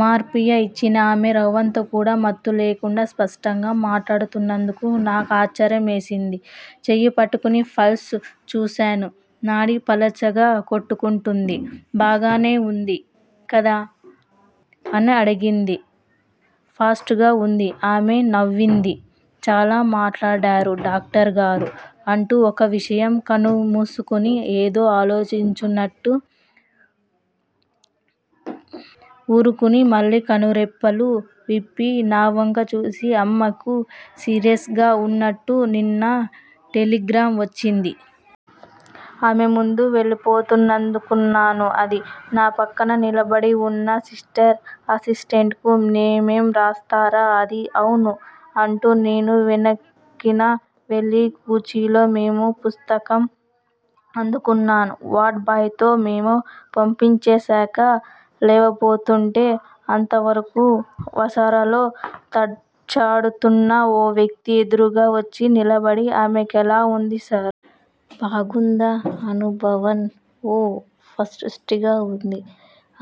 మార్పియా ఇచ్చినా ఆమె రవ్వంతకూడా మత్తులేకుండా స్పష్టంగా మాట్లాడుతున్నందుకు నా కాశ్చర్యమేసింది. చెయ్యిపట్టుకుని పల్స్ చూశాను. నాడి పలచగా కొట్టుకూంటుంది. బాగానే వుంది కదా? అనడిగింది. ఫస్టుగా వుంది ఆమె నవ్వింది. చాలా మాట్లాడారు డాక్టరుగారూ! అంటూ, ఒక్క నిమిషం కనులు మూసుకుని, ఏదో ఆలోచించినట్లు వూరుకుని, మళ్ళీ కనురెప్పలు విప్పి నా వంక చూస్తూ, అమ్మకి సీరియస్ గా వున్నట్లు నిన్న టెలిగ్రాం వచ్చింది. అమ్మే ముందు వెళ్ళిపోతుందనుకున్నాను అంది. నా ప్రక్కనే నిలబడి వున్న సిస్టర్ అసిస్టెంటుకు మెమో రాస్తారా? అంది. అవును అంటూ నేను వెనక్కి వెళ్ళి కుర్చీలో మెమో పుస్తకం అందుకున్నాను. వార్డుబాయ్ తో మెమో పంపించేశాక, లేవబోతూంటే అంతవరకూ వసారాలో తచ్చాడుతున్న ఓ వ్యక్తి ఎదురుగా వచ్చి నిలబడి, 'ఆమె కెలా వుంది సార్? బాగుందా అనుభవం? ఓ! ఫస్టుగా వుంది!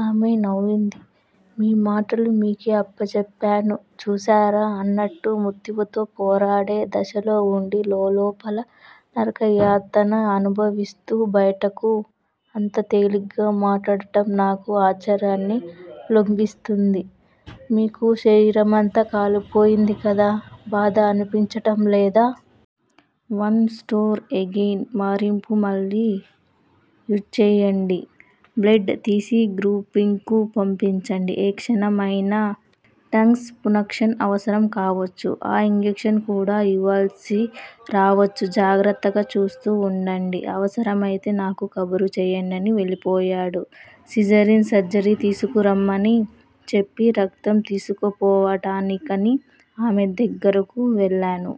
ఆమె నవ్వింది _ 'మీ మాటలు మీకే అప్పజెప్పాను చూశారా' అన్నట్టు. మృత్యువుతో పోరాడే దశలో వుండి, లోలోపల నరకయాతన అనుభవిస్తూ బయటకు అంత తేలిగ్గా మాట్లాడటం నాకు ఆశ్చర్యాన్ని గొల్పింది. మీకు శరీరమంతా కాలిపోయింది కదా! బాధ అనిపించటం లేదూ? వన్ ఫోర్త్ గ్రెయిన్ మార్ఫియా మళ్ళీ యిచ్చెయ్యండి. బ్లడ్ తీసి గ్రూపింగ్ కు పంపించండి. ఏ క్షణంలోనైనా ట్రాన్స్ ఫ్యూషన్ అవసరం కావచ్చు. ఆక్సిజన్ కూడా యివ్వాల్సి రావచ్చు. జాగ్రత్తగా చూస్తూ వుండండి. అవసరమైతే నాకు కబురు చెయ్యండి అని వెళ్ళిపోయాడు. సిస్టర్ని సిరంజి తీసుకురమ్మని చెప్పి రక్తం తీసుకోవటానికని ఆమె దగ్గరకు వెళ్ళాను.